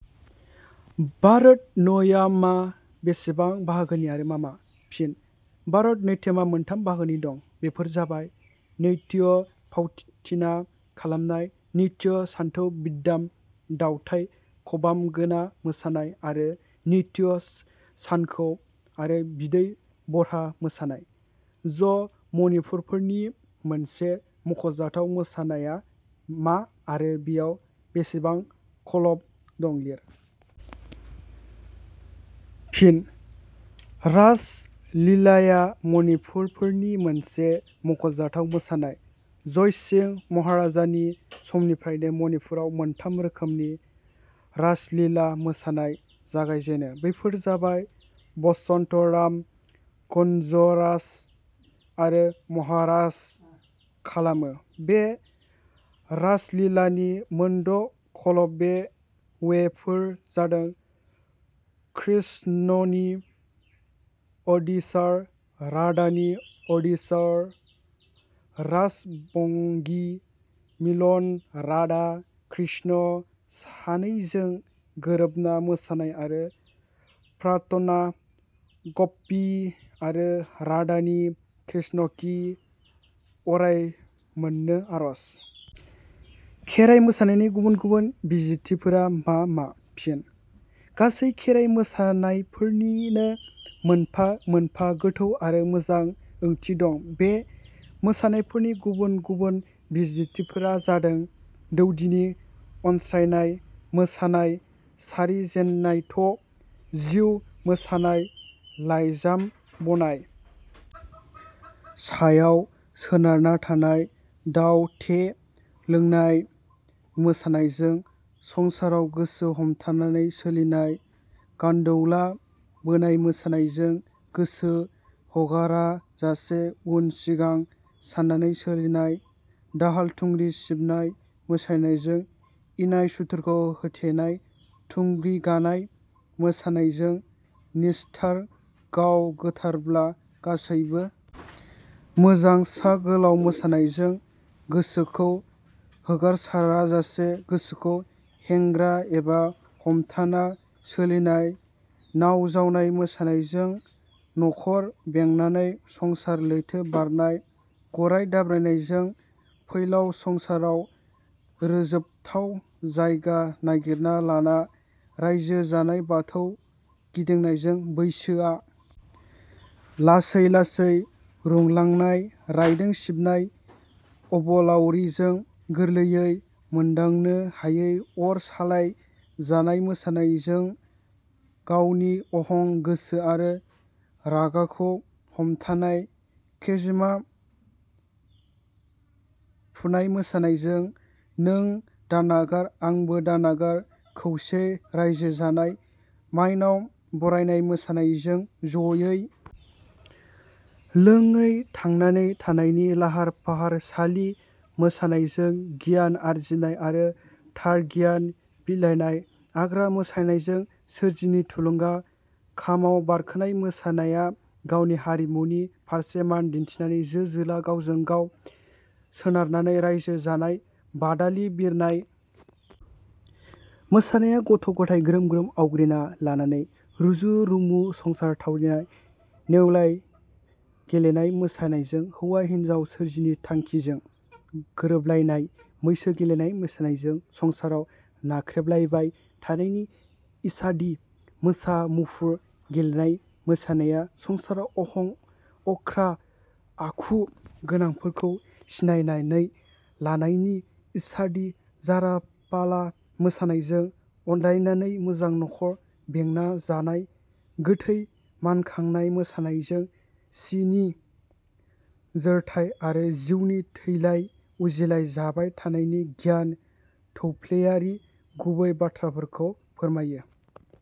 भारत नाव्यमा बेसेबां बाहागोनि आरो मा मा? फिन भारत नात्यमा मोनथाम बाहागो दं। बेफोर जाबाय- नात्य- फावथिना खालामनाय। नृत्य सानथौ बिदाम दावथाइ खबामगोना मोसानाय आरो नृत्य सानखौ आरो बिदै बहरा मोसानाय। ज मनिपुरीफोरनि मोनसे मखजाथाव मोसानाया मा आरो बेयाव बेसेबां खलब दं लिर। फिनः रासलिलाया मनिपुरीफोरनि मोनसे मख'जाथाव मोसानाय जयसिंह महाराजनि समनिफ्रायनो मनिपुराव मोनथाम रोखोमनि रासलिला मोसानाया जागायजेनो बेफोर जाबाय बसन्त रास कुनज रास आरो महारास खालामो। बे रासलिलानि मोनद' खलब दे वेफोर जादों कृष्णनि अधिसार राधानि अधिसार रास भंगी मिलन राधा कृष्ण सानेजों गोरोबना मोसानाय आरो प्रार्थना गप्पी आरो राधानि कृष्णखी अराय मोननो आरज। खेराय मोसानायनि गुबुन गुबुन बिजिरथिफोरा मा मा? फिन: गासै खेराइ मोसानायफोरनिनो मोनफा मोनफा गोथौ आरो मोजां ओंथि दं बे मोसानायफोरनि गुबुन गुबुन बिजिरथिफोरा जादों- दौदिनि अनस्रानाय मोसानाय सारि जेननाथ, जिउ मोननाय लाइजाम बनाय सायाव सोनारना थानाय दाउ थे लोंनाय मोसानायजों संसाराव गोसो हमथानानै सोलिनाय, गान्दौला बोननाय मोसानायजों गोहो हगाराजासे उन-सिंगा साननानै सोलिनाय दाहाल- थुंग्रि सिबनाय मोसानायजों इनाय सुथुरखौ होथेनाय थुंग्रि गानाय मोसानायजों निस्थार, गाव गोथारब्ला गासैबो मोजां सा गोलाउ मोसानायजों गोसोखौ हगारसाराजासे गोसोखौ हेंग्रा एबा हमथाना सोलिनाय नाव जावनाय मोसानायजों मोजां नखर बेंनानै संसार लैथो बारनाय गराइ दाब्रायनायजों फैलाव संसाराव रोजोबथाव जायगा नागिरना लाना रायजो जानाय बाथौ गिदिंनायजों बैसोआ लासै लासै रुंलांनाय रायदों सिबनायजों अबलावारिखौ गोरलैयै मोनदांनो हायै अर सालाइ जानाय मोसानायजों गावनि अहं गोसो आरो रागाखौ हमथानाय खेजोमा फनाय मोसानायजों नों दानागार आंबो दानागार खौसेयै रायजो जानाय मायनाव बरायनाय मोसानायजों जायै लोङै थांनानै थानायनि लाहार फाहार सालि मोसानायजों गियान आरजिनाय आरो थार गियान बिलायनाय आग्रा मोसानायजों सोरजिनि थुलुंगा खामाव बारखोनाय मोसानाया गावनि हारिमुनि फारसे मान दिन्थिनानै जो-जोला गावजों गाव सोनारनानै रायजो जानाय बादालि बिरनाय मोसानाया गथ- गथाइ ग्रोम ग्रोम आवग्रिना लानानै रुजु रुमु संसार थावरिनाय नेवलाइ गेलेनाय मोसानायजों हौवा हिनजाव सोरजिनि थाखिजों गोरोबलायनाय मैसो गेलेनाय मोसानायजों संसाराव नाख्रेबलायबाय थानायनि इसादि मोसा मुफुर गेलेनाय मोसानाया संसाराव अहं, अख्रा आखु गोनांफोरखौ सिनायनानै लानायनि इसादि जाराफाला मोसानायजों अनलायनानै मोजां नखर बेंना जानाय गोथै मानखांनाय मोसानायजों सि नि जोरथाइ आरो जिउनि थैलाय उजिलाय जाबाय थानायनि गियान थौफ्लेयारि गुबै बाथ्राफोरखौ फोरमायो।